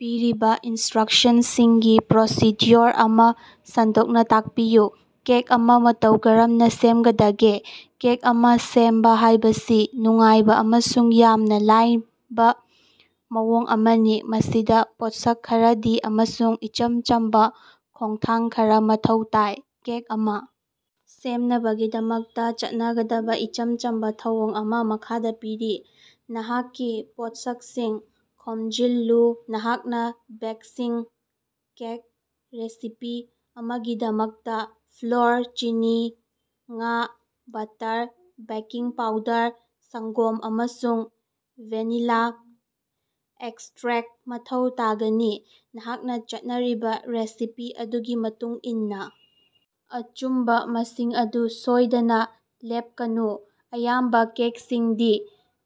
ꯄꯤꯔꯤꯕ ꯏꯟꯇꯔꯛꯁꯟꯁꯤꯡꯒꯤ ꯄ꯭ꯔꯣꯁꯤꯗ꯭ꯌꯨꯑꯣꯔ ꯑꯃꯥ ꯁꯟꯗꯣꯛꯅꯥ ꯇꯥꯛꯄꯤꯌꯨ꯫ ꯀꯦꯛ ꯑꯃꯥ ꯃꯇꯧ ꯀꯔꯝꯅ ꯁꯦꯝꯒꯗꯒꯦ꯫ ꯀꯦꯛ ꯑꯃꯥ ꯁꯦꯝꯕ ꯍꯥꯏꯕꯁꯤ ꯅꯨꯡꯉꯥꯏꯕ ꯑꯃꯁꯨꯡ ꯌꯥꯝꯅ ꯂꯥꯏꯕ ꯊꯧꯑꯣꯡ ꯑꯃꯅꯤ, ꯃꯁꯤꯗ ꯄꯣꯠꯁꯛ ꯈꯔꯗꯤ ꯑꯃꯁꯨꯡ ꯏꯆꯝ ꯆꯝꯕ ꯈꯣꯡꯊꯥꯡ ꯈꯔꯥ ꯃꯊꯧ ꯇꯥꯏ꯫ ꯀꯦꯛ ꯑꯃꯥ ꯁꯦꯝꯅꯕꯒꯤꯗꯃꯛꯇꯥ ꯆꯠꯅꯒꯗꯕ ꯏꯆꯝ ꯆꯝꯕ ꯊꯧꯑꯣꯡ ꯑꯃꯥ ꯃꯈꯥꯗꯥ ꯄꯤꯔꯤ ꯅꯍꯥꯛꯀꯤ ꯄꯣꯠꯁꯛꯁꯤꯡ ꯈꯣꯝꯖꯤꯜꯂꯨ ꯅꯍꯥꯛꯅꯥ ꯕꯦꯁꯤꯛ ꯀꯦꯛ ꯔꯦꯁꯤꯄꯤ ꯑꯃꯒꯤꯗꯃꯛꯇꯥ ꯐ꯭ꯂꯣꯔ, ꯆꯤꯅꯤ, ꯉꯥ, ꯕꯠꯇꯔ, ꯕꯦꯀꯤꯡ ꯄꯥꯎꯗꯔ, ꯁꯪ꯭ꯒꯣꯝ, ꯑꯃꯁꯨꯡ ꯚꯦꯅꯤꯂꯥ ꯑꯦꯛꯁꯠꯔꯦꯛꯇ ꯃꯊꯧ ꯇꯥꯒꯅꯤ꯫ ꯅꯍꯥꯛꯅ ꯆꯠꯅꯔꯤꯕ ꯔꯦꯁꯤꯄꯤ ꯑꯗꯨꯒꯤ ꯃꯇꯨꯡꯏꯟꯅꯥ ꯑꯆꯨꯝꯕ ꯃꯁꯤꯡ ꯑꯗꯨ ꯁꯣꯏꯗꯅꯥ ꯂꯦꯞꯀꯅꯨ꯫ ꯑꯌꯥꯝꯕ ꯀꯦꯛꯁꯤꯡꯗꯤ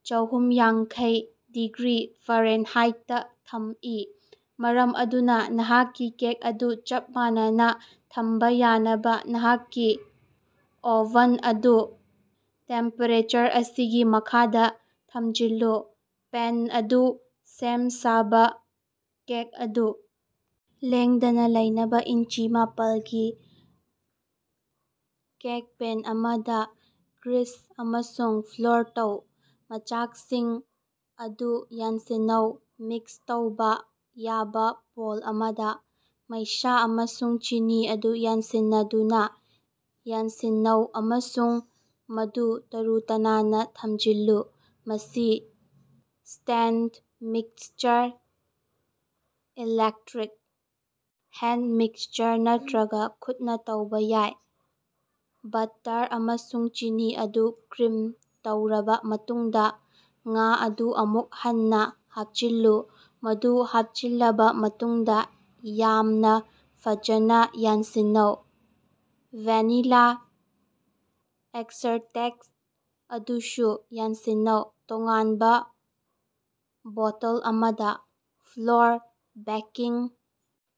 ꯆꯥꯍꯨꯝꯌꯥꯡꯈꯩ ꯗꯤꯒ꯭ꯔꯤ ꯐꯥꯔꯦꯅꯍꯥꯏꯠꯇꯥ ꯊꯝꯏ, ꯃꯔꯝ ꯑꯗꯨꯅꯥ ꯅꯍꯥꯛꯀꯤ ꯀꯦꯛ ꯑꯗꯨ ꯆꯞ ꯃꯥꯟꯅꯅꯥ ꯊꯝꯕ ꯌꯥꯅꯕ ꯅꯍꯥꯛꯀꯤ ꯑꯣꯕꯦꯟ ꯑꯗꯨ ꯇꯦꯝꯄꯦꯔꯦꯆꯔ ꯑꯁꯤꯒꯤ ꯃꯈꯥꯗ ꯊꯝꯖꯤꯜꯂꯨ꯫ ꯄꯦꯟ ꯑꯗꯨ ꯁꯦꯝ ꯁꯥꯕꯥ ꯀꯦꯛ ꯑꯗꯨ ꯂꯦꯡꯗꯅꯥ ꯂꯩꯅꯕꯥ ꯏꯟꯆꯤ ꯃꯄꯥꯜꯒꯤ ꯀꯦꯛ ꯄꯦꯟ ꯑꯃꯗꯥ ꯒ꯭ꯔꯤꯁ ꯑꯃꯁꯨꯡ ꯐ꯭ꯂꯣꯔ ꯇꯧ꯫ ꯃꯆꯥꯛꯁꯤꯡ ꯑꯗꯨ ꯌꯥꯟꯁꯤꯟꯅꯧ ꯃꯤꯛꯁ ꯇꯧꯕ ꯌꯥꯕ ꯕꯣꯜ ꯑꯃꯗꯥ, ꯃꯩꯁꯥ ꯑꯃꯁꯨꯡ ꯆꯤꯅꯤ ꯑꯗꯨ ꯌꯥꯟꯁꯤꯟꯅꯗꯨꯅꯥ ꯌꯥꯟꯁꯤꯟꯅꯧ ꯑꯃꯁꯨꯡ ꯃꯗꯨ ꯇꯔꯨ-ꯇꯅꯥꯟꯅꯥ ꯊꯝꯖꯤꯜꯂꯨ꯫ ꯃꯁꯤ stand mixer, electric hand mixer ꯅꯠꯇ꯭ꯔꯒꯥ ꯈꯨꯠꯅꯥ ꯇꯧꯕ ꯌꯥꯏ꯫ ꯕꯠꯇꯔ ꯑꯃꯁꯨꯡ ꯆꯤꯅꯤ ꯑꯗꯨ ꯀ꯭ꯔꯤꯝ ꯇꯧꯔꯕ ꯃꯇꯨꯡꯗꯥ, ꯉꯥ ꯑꯗꯨ ꯑꯃꯨꯛ ꯍꯟꯅꯥ ꯍꯥꯞꯆꯤꯜꯂꯨ, ꯃꯗꯨ ꯍꯥꯞꯆꯤꯜꯂꯕꯥ ꯃꯇꯨꯡꯗꯥ ꯌꯥꯝꯅ ꯐꯖꯅ ꯌꯥꯟꯁꯤꯟꯅꯧ꯫ ꯚꯦꯅꯤꯂꯥ ꯑꯦꯛꯁꯠꯔꯦꯛꯇ ꯑꯗꯨꯁꯨ ꯌꯥꯟꯁꯤꯟꯅꯧ꯫ ꯇꯣꯉꯥꯟꯕ ꯕꯣꯇꯜ ꯑꯃꯗꯥ, ꯐ꯭ꯂꯣꯔ, ꯕꯦꯀꯤꯡ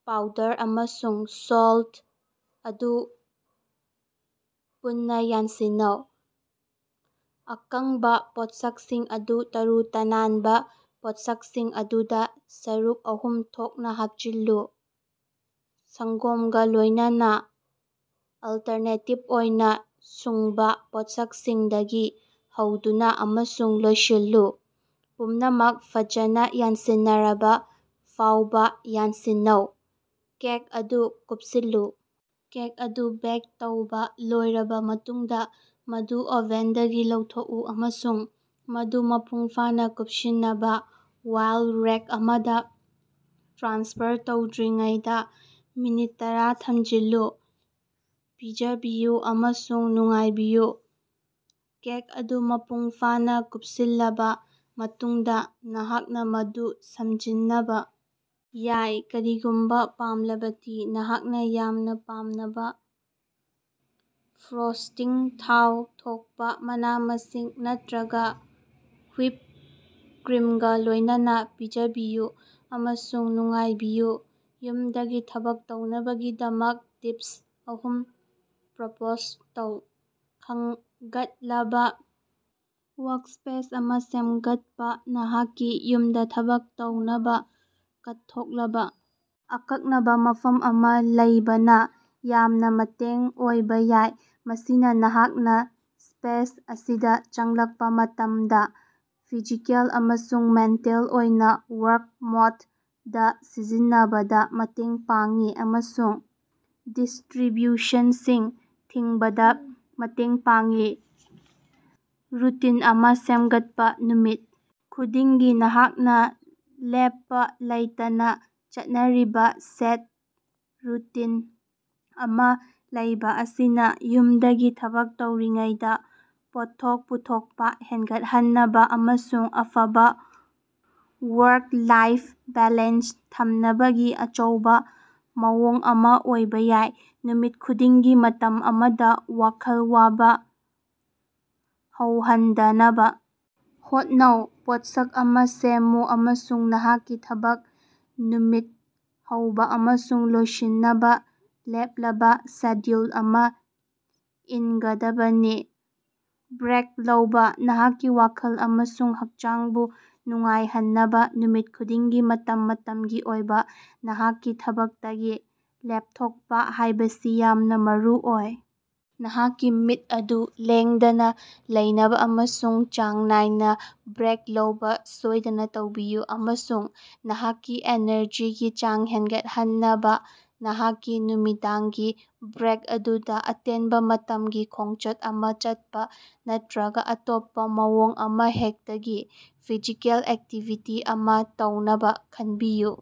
ꯄꯥꯎꯗꯔ ꯑꯃꯁꯨꯡ ꯁꯣꯜꯇ ꯑꯗꯨ ꯄꯨꯟꯅꯥ ꯌꯥꯟꯁꯤꯟꯅꯧ꯫ ꯑꯀꯪꯕꯥ ꯄꯣꯠꯁꯛꯁꯤꯡ ꯑꯗꯨ ꯇꯔꯨ-ꯇꯥꯅꯕꯥ ꯄꯣꯠꯁꯛꯁꯤꯡ ꯑꯗꯨꯗꯥ ꯁꯔꯨꯛ ꯑꯍꯨꯝ ꯊꯣꯛꯅꯥ ꯍꯥꯞꯆꯤꯜꯂꯨ, ꯁꯪ꯭ꯒꯣꯝꯒ ꯂꯣꯏꯅꯅꯥ ꯑꯂꯇꯔꯅꯦꯇꯤꯚ ꯑꯣꯏꯅ ꯁꯨꯡꯕꯥ ꯄꯣꯠꯁꯛꯁꯤꯡꯗꯒꯤ ꯍꯧꯗꯨꯅꯥ ꯑꯃꯁꯨꯡ ꯂꯣꯏꯁꯤꯜꯂꯨ꯫ ꯄꯨꯝꯅꯃꯛ ꯐꯖꯅꯥ ꯌꯥꯟꯁꯤꯟꯅꯔꯕ ꯐꯥꯎꯕ ꯌꯥꯟꯁꯤꯟꯅꯧ꯫ ꯀꯦꯛ ꯑꯗꯨ ꯀꯨꯞꯁꯤꯜꯂꯨ ꯀꯦꯛ ꯑꯗꯨ ꯕꯦꯛ ꯇꯧꯕ ꯂꯣꯏꯔꯕ ꯃꯇꯨꯡꯗꯥ, ꯃꯗꯨ ꯑꯣꯕꯦꯟꯗꯒꯤ ꯂꯧꯊꯣꯛꯎ, ꯑꯃꯁꯨꯡ ꯃꯗꯨ ꯃꯄꯨꯡꯐꯥꯅꯥ ꯀꯨꯞꯁꯤꯟꯅꯕ ꯋꯥꯏꯔ ꯔꯦꯛ ꯑꯃꯗꯥ ꯇ꯭ꯔꯥꯟꯁꯐꯔ ꯇꯧꯗ꯭ꯔꯤꯉꯩꯗꯥ ꯃꯤꯅꯠ ꯇꯔꯥ ꯊꯝꯖꯤꯜꯂꯨ꯫ ꯄꯤꯖꯕꯤꯌꯨ ꯑꯃꯁꯨꯡ ꯅꯨꯡꯉꯥꯏꯕꯤꯌꯨ ꯀꯦꯛ ꯑꯗꯨ ꯃꯄꯨꯡ ꯐꯥꯅꯥ ꯀꯨꯞꯁꯤꯜꯂꯕꯥ ꯃꯇꯨꯡꯗꯥ, ꯅꯍꯥꯛꯅꯥ ꯃꯗꯨ ꯁꯝꯖꯤꯟꯅꯕ ꯌꯥꯏ, ꯀꯔꯤꯒꯨꯝꯕ ꯄꯥꯝꯂꯕꯗꯤ꯫ ꯅꯍꯥꯛꯅ ꯌꯥꯝꯅ ꯄꯥꯝꯅꯕ ꯐ꯭ꯔꯣꯁ꯭ꯇꯤꯡ, ꯊꯥꯎ ꯊꯣꯛꯄꯥ ꯃꯅꯥ-ꯃꯁꯤꯡ ꯅꯠꯇ꯭ꯔꯒꯥ ꯍꯨꯏꯞ ꯀ꯭ꯔꯤꯝꯒꯥ ꯂꯣꯏꯅꯅꯥ ꯄꯤꯖꯕꯤꯌꯨ ꯑꯃꯁꯨꯡ ꯅꯨꯡꯉꯥꯏꯕꯤꯌꯨ꯫ ꯌꯨꯝꯗꯒꯤ ꯊꯕꯛ ꯇꯧꯅꯕꯒꯤꯗꯃꯛ ꯇꯤꯄꯁ ꯑꯍꯨꯝ ꯄ꯭ꯔꯄꯣꯖ ꯇꯧ꯫ ꯈꯪꯒꯠꯂꯕ ꯋꯥꯔꯀꯁ꯭ꯄꯦꯁ ꯑꯃꯥ ꯁꯦꯝꯒꯠꯄꯥ ꯅꯍꯥꯛꯀꯤ ꯌꯨꯝꯗꯥ ꯊꯕꯛ ꯇꯧꯅꯕꯥ ꯀꯠꯊꯣꯛꯂꯕꯥ ꯑꯀꯛꯅꯕꯥ ꯃꯐꯝ ꯑꯃꯥ ꯂꯩꯕꯅ ꯌꯥꯝꯅ ꯃꯇꯦꯡ ꯑꯣꯏꯕ ꯌꯥꯏ꯫ ꯃꯁꯤꯅ ꯅꯍꯥꯛꯅ ꯁ꯭ꯄꯦꯁ ꯑꯁꯤꯗ ꯆꯪꯂꯛꯄꯥ ꯃꯇꯝꯗꯥ ꯐꯤꯖꯤꯀꯦꯜ ꯑꯃꯁꯨꯡ ꯃꯦꯟꯇꯦꯜ ꯑꯣꯏꯅ "ꯋꯥꯔꯛ ꯃꯣꯗ" ꯗꯥ ꯁꯤꯖꯤꯟꯅꯕꯗꯥ ꯃꯇꯦꯡ ꯄꯥꯡꯏ, ꯑꯃꯁꯨꯡ ꯗꯤꯁ꯭ꯠꯔꯤꯕ꯭ꯌꯨꯁꯟꯁꯤꯡ ꯊꯤꯡꯕꯗꯥ ꯃꯇꯦꯡ ꯄꯥꯡꯏ꯫ ꯔꯨꯇꯤꯟ ꯑꯃꯥ ꯁꯦꯝꯒꯠꯄꯥ ꯅꯨꯃꯤꯠ ꯈꯨꯗꯤꯡꯒꯤ ꯅꯍꯥꯛꯅꯥ ꯂꯦꯞꯄꯥ ꯂꯩꯇꯅꯥ ꯆꯠꯅꯔꯤꯕꯥ ꯁꯦꯠ ꯔꯨꯇꯤꯟ ꯑꯃꯥ ꯂꯩꯕ ꯑꯁꯤꯅ ꯌꯨꯝꯗꯒꯤ ꯊꯕꯛ ꯇꯧꯔꯤꯉꯩꯗꯥ ꯄꯣꯠꯊꯣꯛ ꯄꯨꯊꯣꯛꯄꯥ ꯍꯦꯟꯒꯠꯍꯟꯅꯕ ꯑꯃꯁꯨꯡ ꯑꯐꯕꯥ ꯋꯥꯔꯛ-ꯂꯥꯏꯐ ꯕꯦꯂꯦꯟꯁ ꯊꯝꯅꯕꯒꯤ ꯑꯆꯧꯕꯥ ꯃꯑꯣꯡ ꯑꯃꯥ ꯑꯣꯏꯕ ꯌꯥꯏ꯫ ꯅꯨꯃꯤꯠ ꯈꯨꯗꯤꯡꯒꯤ ꯃꯇꯝ ꯑꯃꯗꯥ ꯋꯥꯈꯜ ꯋꯥꯕ ꯍꯧꯍꯟꯗꯅꯕ ꯍꯣꯠꯅꯧ, ꯄꯣꯠꯁꯛ ꯑꯃꯥ ꯁꯦꯝꯃꯨ ꯑꯃꯁꯨꯡ ꯅꯍꯥꯛꯀꯤ ꯊꯕꯛ ꯅꯨꯃꯤꯠ ꯍꯧꯕ ꯑꯃꯁꯨꯡ ꯂꯣꯏꯁꯤꯟꯅꯕꯥ ꯂꯦꯞꯂꯕ ꯁꯦꯗ꯭ꯌꯨꯜ ꯑꯃꯥ ꯏꯟꯒꯗꯕꯅꯤ꯫ ꯕ꯭ꯔꯦꯛ ꯂꯧꯕꯥ ꯅꯍꯥꯛꯀꯤ ꯋꯥꯈꯜ ꯑꯃꯁꯨꯡ ꯍꯛꯆꯥꯡꯕꯨ ꯅꯨꯡꯉꯥꯏꯍꯟꯅꯕ ꯅꯨꯃꯤꯠ ꯈꯨꯗꯤꯡꯒꯤ ꯃꯇꯝ ꯃꯇꯝꯒꯤ ꯑꯣꯏꯅ ꯅꯍꯥꯛꯀꯤ ꯊꯕꯛꯇꯒꯤ ꯂꯦꯞꯊꯣꯛꯄꯥ ꯍꯥꯏꯕꯁꯤ ꯌꯥꯝꯅ ꯃꯔꯨꯑꯣꯏ꯫ ꯅꯍꯥꯛꯀꯤ ꯃꯤꯠ ꯑꯗꯨ ꯂꯦꯡꯗꯅꯥ ꯂꯩꯅꯕꯥ ꯑꯃꯁꯨꯡ ꯆꯥꯡ ꯅꯥꯏꯅꯥ ꯕ꯭ꯔꯦꯛ ꯂꯧꯕꯥ ꯁꯣꯏꯗꯅ ꯇꯧꯕꯤꯌꯨ, ꯑꯃꯁꯨꯡ ꯅꯍꯥꯛꯀꯤ ꯑꯦꯅꯔꯖꯤꯒꯤ ꯆꯥꯡ ꯍꯦꯟꯒꯠꯍꯟꯅꯕꯥ ꯅꯍꯥꯛꯀꯤ ꯅꯨꯃꯤꯗꯥꯡꯒꯤ ꯕ꯭ꯔꯦꯛ ꯑꯗꯨꯗꯥ ꯑꯇꯦꯟꯕ ꯃꯇꯝꯒꯤ ꯈꯣꯡꯆꯠ ꯑꯃꯥ ꯆꯠꯄꯥ ꯅꯠꯇꯔꯒꯥ ꯑꯇꯣꯞꯄꯥ ꯃꯑꯣꯡ ꯑꯃꯍꯦꯛꯇꯒꯤ ꯐꯤꯖꯤꯀꯦꯜ ꯑꯦꯛꯇꯤꯚꯤꯇꯤ ꯑꯃꯥ ꯇꯧꯅꯕꯥ ꯈꯟꯕꯤꯌꯨ꯫